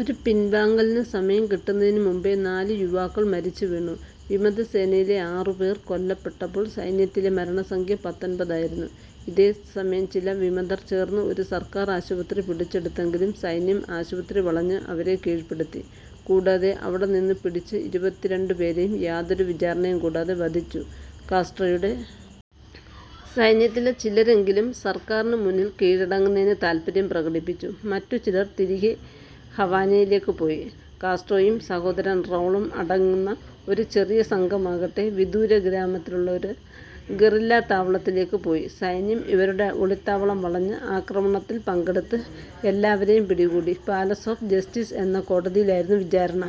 ഒരു പിൻവാങ്ങലിനു സമയം കിട്ടുന്നതിനു മുമ്പേ നാലു യുവാക്കൾ മരിച്ചു വീണു. വിമതസേനയിലെ ആറുപേർ കൊല്ലപ്പെട്ടപ്പോൾ സൈന്യത്തിലെ മരണസംഖ്യ പത്തൊൻപതായിരുന്നു. ഇതേസമയം ചില വിമതർ ചേർന്ന് ഒരു സർക്കാർ ആശുപത്രി പിടിച്ചെടുത്തെങ്കിലും സൈന്യം ആശുപത്രി വളഞ്ഞ് അവരെ കീഴ്പ്പെടുത്തി. കൂടാതെ അവിടെനിന്ന് പിടിച്ച ഇരുപത്തിരണ്ടുപേരെയും യാതൊരു വിചാരണയും കൂടാതെ വധിച്ചു. കാസ്ട്രോയുടെ സൈന്യത്തിലെ ചിലരെങ്കിലും സർക്കാരിനു മുന്നിൽ കീഴടങ്ങുന്നതിന് താൽപര്യം പ്രകടിപ്പിച്ചു. മറ്റു ചിലർ തിരികെ ഹവാനയിലേക്ക് പോയി. കാസ്ട്രോയും സഹോദരൻ റൗളും അടങ്ങുന്ന ഒരു ചെറിയ സംഘമാകട്ടെ വിദൂരഗ്രാമത്തിലുള്ള ഒരു ഗറില്ലാതാവളത്തിലേക്കും പോയി. സൈന്യം ഇവരുടെ ഒളിത്താവളം വളഞ്ഞ് ആക്രമണത്തിൽ പങ്കെടുത്ത എല്ലാവരേയും പിടികൂടി. പാലസ് ഓഫ് ജസ്റ്റീസ് എന്ന കോടതിയിലായിരുന്നു വിചാരണ.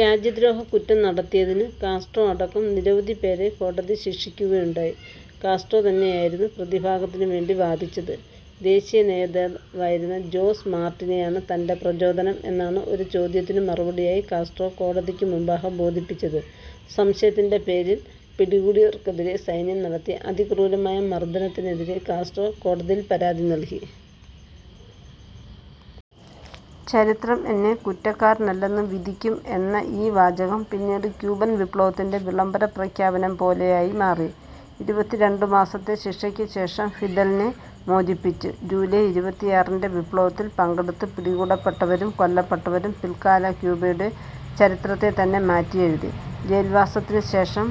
രാജ്യദ്രോഹക്കുറ്റം നടത്തിയതിന് കാസ്ട്രോ അടക്കം നിരവധി പേരെ കോടതി ശിക്ഷിക്കുകയുണ്ടായി. കാസ്ട്രോ തന്നെയായിരുന്നു പ്രതിഭാഗത്തിനു വേണ്ടി വാദിച്ചത്. ദേശീയ നേതാവായിരുന്ന ജോസ് മാർട്ടിനിയാണ് തന്റെ പ്രചോദനം എന്നാണ് ഒരു ചോദ്യത്തിനു മറുപടിയായി കാസ്ട്രോ കോടതിക്കു മുമ്പാകെ ബോധിപ്പിച്ചത്. സംശയത്തിന്റെ പേരിൽ പിടികൂടിയവർക്കെതിരേ സൈന്യം നടത്തിയ അതിക്രൂരമായ മർദ്ദനത്തിനെതിരേ കാസ്ട്രോ കോടതിയിൽ പരാതി നൽകി. ചരിത്രം എന്നെ കുറ്റക്കാരനല്ലെന്നു വിധിക്കും എന്ന ഈ വാചകം പിന്നീട് ക്യൂബൻ വിപ്ലവത്തിന്റെ വിളംബരപ്രഖ്യാപനം പോലെയായി മാറി. ഇരുപത്തിരണ്ടുമാസത്തെ ശിക്ഷയ്ക്കുശേഷം ഫിദലിനെ മോചിപ്പിച്ചു. ജൂലൈ ഇരുപത്തിയാറിന്റെ വിപ്ലവത്തിൽ പങ്കെടുത്ത് പിടികൂടപ്പെട്ടവരും കൊല്ലപ്പെട്ടവരും പിൽക്കാല ക്യൂബയുടെ ചരിത്രത്തെതന്നെ മാറ്റിയെഴുതി. ജയിൽവാസത്തിനുശേഷം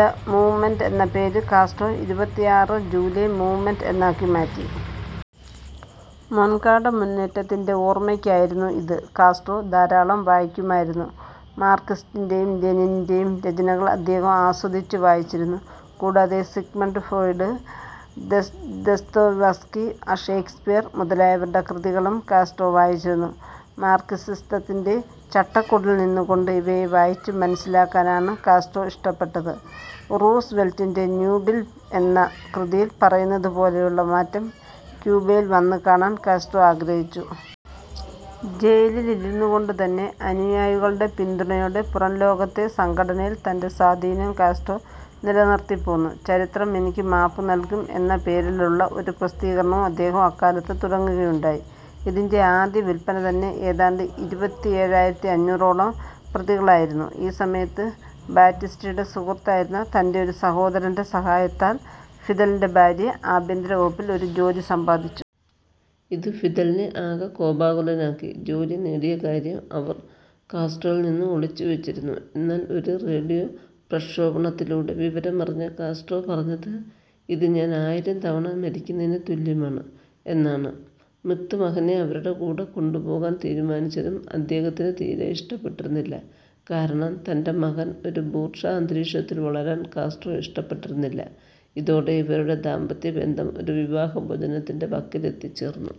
ദ മൂവ്മെന്റ് എന്ന പേര് കാസ്ട്രോ ഇരുപത്തിയാറ് ജൂലൈ മൂവ്മെന്റ് എന്നാക്കി മാറ്റി. മൊൻകാട മുന്നേറ്റത്തിന്റെ ഓർമ്മയ്ക്കായായിരുന്നു ഇത്.കാസ്ട്രോ ധാരാളം വായിക്കുമായിരുന്നു. മാർക്സിന്റേയും ലെനിന്റേയും രചനകൾ അദ്ദേഹം ആസ്വദിച്ചു വായിച്ചിരുന്നു. കൂടാതെ സിഗ്മണ്ട് ഫോയിഡ്, ദസ്തേവ്സ്ക്കി, ഷേക്സ്പിയർ മുതലായവരുടെ കൃതികളും കാസ്ട്രോ വായിച്ചിരുന്നു. മാർക്സിസത്തിന്റെ ചട്ടക്കൂടിൽ നിന്നുകൊണ്ട് ഇവയെ വായിച്ചു മനസ്സിലാക്കാനാണ് കാസ്ട്രോ ഇഷ്ടപ്പെട്ടത്. റൂസ് വെൽറ്റിന്റെ ന്യൂഡീൽ എന്ന കൃതിയിൽ പറയുന്നപോലെയുള്ള മാറ്റം ക്യൂബയിൽ വന്നു കാണാൻ കാസ്ട്രോ ആഗ്രഹിച്ചു. ജയിലിലിരുന്നുകൊണ്ടുതന്നെ അനുയായികളുടെ പിന്തുണയോടെ പുറംലോകത്തെ സംഘടനയിൽ തന്റെ സ്വാധീനം കാസ്ട്രോ നിലനിർത്തിപ്പോന്നു. ചരിത്രം എനിക്കു മാപ്പു നൽകും എന്ന പേരിലുള്ള ഒരു പ്രസിദ്ധീകരണവും അദ്ദേഹം അക്കാലത്ത് തുടങ്ങുകയുണ്ടായി. ഇതിന്റെ ആദ്യ വിൽപ്പന തന്നെ ഏതാണ്ട് ഇരുപത്തിയേഴായിരത്തി അഞ്ഞൂറോളം പ്രതികളായിരുന്നു.ഈ സമയത്ത് ബാറ്റിസ്റ്റയുടെ സുഹൃത്തായിരുന്ന തന്റെ ഒരു സഹോദരന്റെ സഹായത്താൽ ഫിദലിന്റെ ഭാര്യ ആഭ്യന്തരവകുപ്പിൽ ഒരു ജോലി സമ്പാദിച്ചു. ഇത് ഫിദലിനെ ആകെ കോപാകുലനാക്കി. ജോലി നേടിയ കാര്യം അവർ കാസ്ട്രോയിൽനിന്നും ഒളിച്ചുവെച്ചിരുന്നു. എന്നാൽ ഒരു റേഡിയോ പ്രക്ഷേപണത്തിലൂടെ വിവരമറിഞ്ഞ കാസ്ട്രോ പറഞ്ഞത് ഇത് ഞാൻ ആയിരം തവണ മരിക്കുന്നതിനു തുല്യമാണ് എന്നാണ്. മിർത് മകനെ അവരുടെ കൂടെ കൊണ്ടുപോകാൻ തീരുമാനിച്ചതും അദ്ദേഹത്തിന് തീരെ ഇഷ്ടപ്പെട്ടിരുന്നില്ല. കാരണം തന്റെ മകൻ ഒരു ബൂർഷ്വാ അന്തരീക്ഷത്തിൽ വളരാൻ കാസ്ട്രോ ഇഷ്ടപ്പെട്ടിരുന്നില്ല. ഇതോടെ ഇവരുടെ ദാമ്പത്യബന്ധം ഒരു വിവാഹമോചനത്തിന്റെ വക്കിലേക്കെത്തിച്ചേർന്നു.